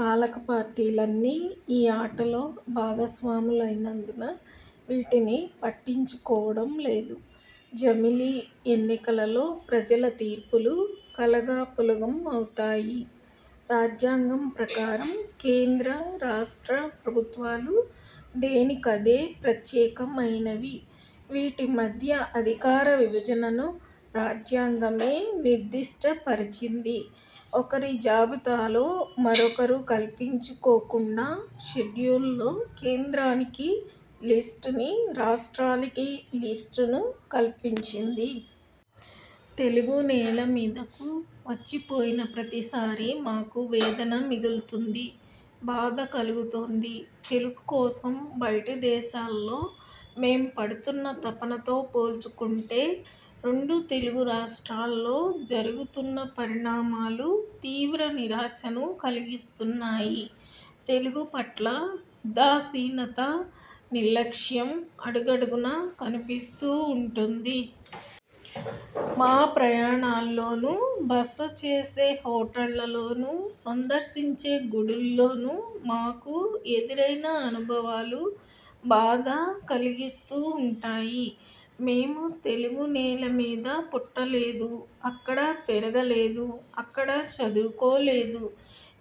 పాలక పార్టీలన్నీ ఈ ఆటలో భాగస్వాములైనందున వీటిని పట్టించుకోవడం లేదు. జమిలి ఎన్నికలలో ప్రజల తీర్పులు కలగాపులగం అవుతాయి. రాజ్యాంగం ప్రకారం కేంద్ర, రాష్ట్ర ప్రభుత్వాలు దేనికదే ప్రత్యేకమైనవి. వీటి మధ్య అధికార విభజనను రాజ్యాంగమే నిర్దిష్ట పరిచింది. ఒకరి జాబితాలో మరొకరు కల్పించుకోకుండా షెడ్యూల్లో కేంద్రానికి లిస్ట్ ని, రాష్ట్రాలకి లిస్ట్ ను కల్పించింది. తెలుగు నేల మీదకు వచ్చిపోయిన ప్రతిసారీ మాకు వేదన మిగులుతుంది. బాధ కలుగుతోంది. తెలుగు కోసం బయటి దేశాల్లో మేం పడుతున్న తపనతో పోల్చుకుంటే రెండు తెలుగు రాష్ట్రాల్లో జరుగుతున్న పరిణామాలు తీవ్ర నిరాశను కలిగిస్తున్నాయి. తెలుగు పట్ల ఉదాసీనత, నిర్లక్ష్యం అడుగడుగునా కనిపిస్తూ ఉంటుంది. మా ప్రయాణాల్లోనూ, బస చేసే హోటళ్లలోనూ, సందర్శించే గుడుల్లోనూ మాకు ఎదురైన అనుభవాలు బాధ కలిగిస్తూ ఉంటాయి. మేము తెలుగు నేల మీద పుట్టలేదు. అక్కడ పెరగలేదు. అక్కడ చదువుకోలేదు.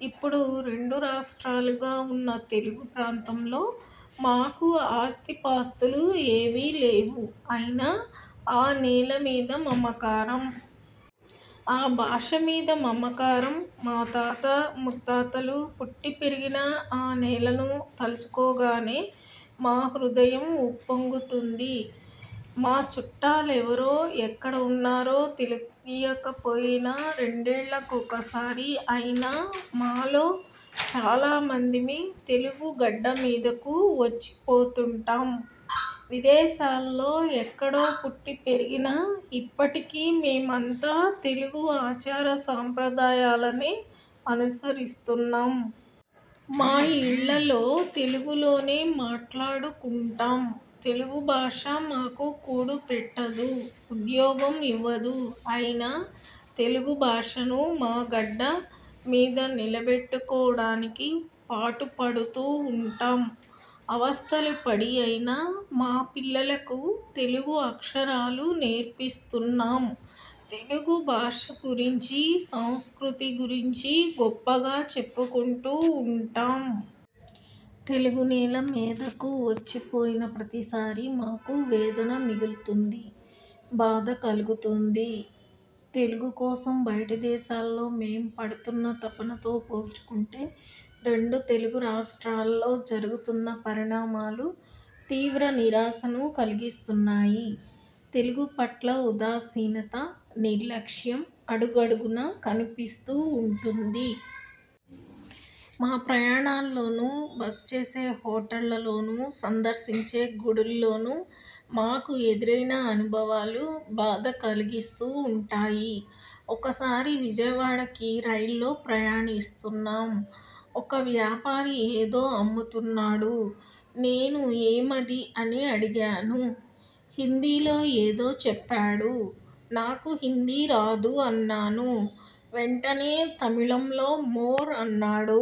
ఇప్పుడు రెండు రాష్ట్రాలుగా ఉన్న తెలుగు ప్రాంతంలో మాకు ఆస్తిపాస్తులు ఏవీ లేవు. అయినా ఆ నేల మీద మమకారం. ఆ భాష మీద మమకారం. మా తాత ముత్తాతలు పుట్టి పెరిగిన ఆ నేలను తలచుకోగానే మా హృదయం ఉప్పొంగుతుంది. మా చుట్టాలెవరో ఎక్కడ ఉన్నారో తెలియకపోయినా రెండేళ్లకోసారి అయినా మాలో చాలా మందిమి తెలుగు గడ్డ మీదకు వచ్చిపోతుంటాం. విదేశాల్లో ఎక్కడో పుట్టి పెరిగినా ఇప్పటికీ మేమంతా తెలుగు ఆచార సంప్రదాయాలనే అనుసరిస్తున్నాం. మా ఇళ్లలో తెలుగులోనే మాట్లాడుకుంటాం. తెలుగు భాష మాకు కూడుపెట్టదు. ఉద్యోగం ఇవ్వదు. అయినా తెలుగుభాషను మా గడ్డ మీద నిలబెట్టుకోవడానికి పాటుపడుతూ ఉంటాం. అవస్థలు పడి అయినా మా పిల్లలకు తెలుగు అక్షరాలు నేర్పిస్తున్నాం. తెలుగు భాష గురించీ, సంస్కృతి గురించీ గొప్పగా చెప్పుకుంటూ ఉంటాం. తెలుగు నేల మీదకు వచ్చిపోయిన ప్రతిసారీ మాకు వేదన మిగులుతుంది. బాధ కలుగుతోంది. తెలుగు కోసం బయటి దేశాల్లో మేం పడుతున్న తపనతో పోల్చుకుంటే రెండు తెలుగు రాష్ట్రాల్లో జరుగుతున్న పరిణామాలు తీవ్ర నిరాశను కలిగిస్తున్నాయి. తెలుగు పట్ల ఉదాసీనత, నిర్లక్ష్యం అడుగడుగునా కనిపిస్తూ ఉంటుంది. మా ప్రయాణాల్లోనూ, బస చేసే హోటళ్లలోనూ, సందర్శించే గుడుల్లోనూ మాకు ఎదురైన అనుభవాలు బాధ కలిగిస్తూ ఉంటాయి. ఒకసారి విజయవాడకి రైల్లో ప్రయాణిస్తున్నాం. ఒక వ్యాపారి ఏదో అమ్ముతున్నాడు. నేను ఏమది అని అడిగాను. హిందీలో ఏదో చెప్పాడు. నాకు హిందీ రాదు అన్నాను. వెంటనే తమిళంలో 'మోర్' అన్నాడు.